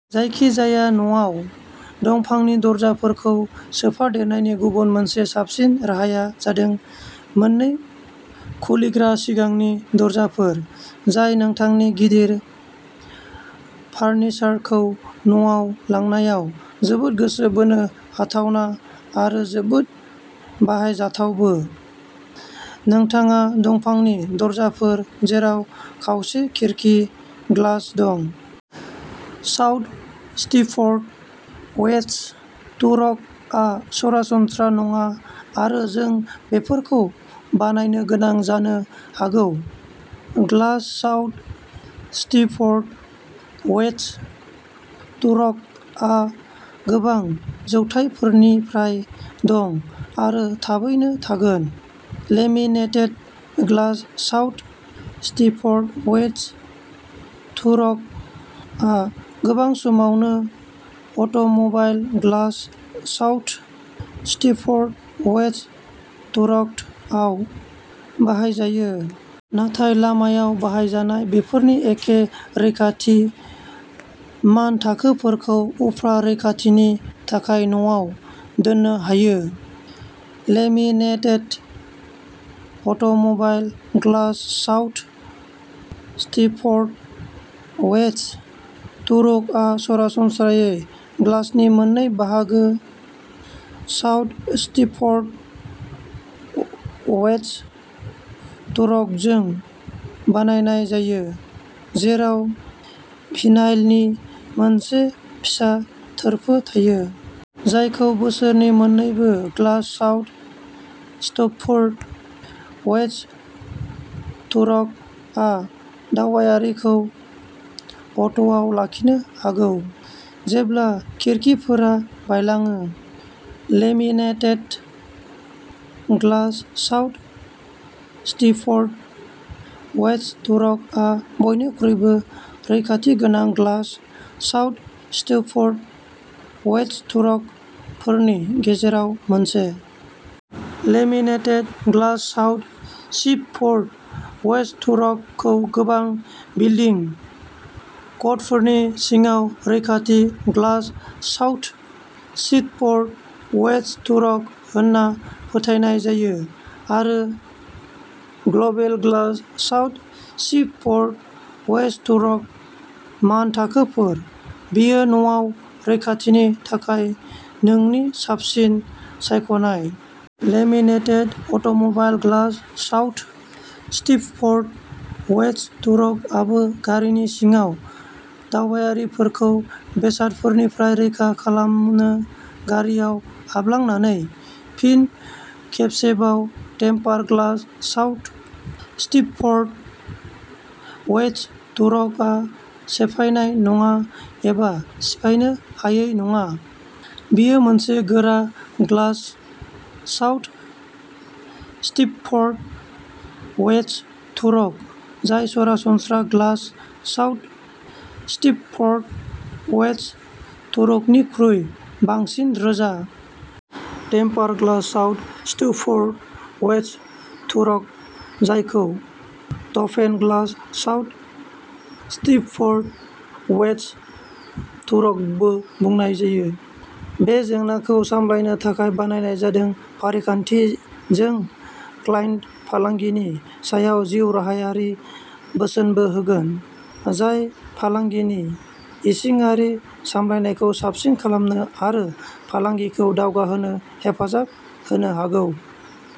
जायखिजाया न'आव। दंफांनि दरजाफोरखौ सोफादेरनायनि गुबुन मोनसे साबसिन राहाया जादों मोननै खुलिग्रा सिगांनि दरजाफोर। जाय नोंथांनि गिदिर फारनिचारखौ न'आव लांनायाव जोबोद गोसो बोनो हाथावना आरो जोबोद बाहायजाथावबो। नोंथाङा दंफांनि दरजाफोर जेराव खावसे खिरखि ग्लास दं। साउथ स्टिफ'र्ड, वेस्ट थुर'क आ सरासनस्रा नङा आरो जों बेफोरखौ बानायनो गोनां जानो हागौ। Glass South Stifford, West Thurrock, आ गोबां जौथायफोरनिफ्राय दं आरो थाबैनो थागोन। Laminated glass South Stifford, West Thurrock, आ गोबां समावनो automobile glass South Stifford, West Thurrock, आव बाहायजायो। नाथाय लामायाव बाहायजानाय बेफोर एखे रैखाथि मानथाखोफोरखौ उफ्रा रैखाथिनि थाखाय न'आव दोननो हायो। Laminated automobile glass South Stifford, West Thurrock आ सरासनस्रायै ग्लासनि मोननै बाहागो साउथ स्टिफ'र्ड, वेस्ट थुर'क जों बानायनाय जायो। जेराव भिनाइलनि मोनसे फिसा थोरफो थायो। जायखौ बिसोरनि मोननैबो। Glass South Stifford, West Thurrock आ दावबायारिखौ अट'आव लाखिनो हागौ। जेब्ला खिरखिफोरा बायलाङो। Laminated glass South Stifford, West Thurrock आ बयनिख्रुइबो रैखाथि गोनां glass South Stifford, West Thurrock फोरनि गेजेराव मोनसे। Laminated glass South Stifford, West Thurrock खौ गोबां बिल्डिं क'डफोरनि सिङाव रैखाथि glass South Stifford, West Thurrock होनना फोथायनाय जायो आरो global glass South Stifford, West Thurrock मानथाखोफोर। बेयो न'आव रैखाथिनि थाखाय नोंनि साबसिन सायख'नाय। Laminated automobile glass South Stifford, West Thurrock आबो गारिनि सिङाव दावबायारिफोरखौ बेसादफोरनिफ्राय रैखा खालामनो गारिआव हाबलांनानै। फिन खेबसेबाव, टेम्पार ग्लास साउथ स्टिफफर्ड, वेस्ट थुरकआ सेफायनाय नङा एबा सिफायनो हायै नङा। बेयो मोनसे गोरा glass South Stifford, West Thurrock, जाय सरासनस्रा ग्लास साउथ स्टिफफर्ड, वेस्ट थुरकनिख्रुइ बांसिन रोजा। टेम्पार glass South Stifford, West Thurrock जायखौ टफहेन ग्लास साउथ स्टिफफोर्ड, वेस्ट थुरकबो बुंनाय जायो। बे जेंनाखौ सामलायनो थाखाय बानायनाय जादों। फारिखान्थि जों क्लायन्ट फालांगिनि सायाव जिउराहायारि बोसोनबो होगोन। जाय फालांगिनि इसिङारि सामलायनायखौ साबसिन खालामनो आरो फालांगिखौ दावगाहोनो हेफाजाब होनो हागौ।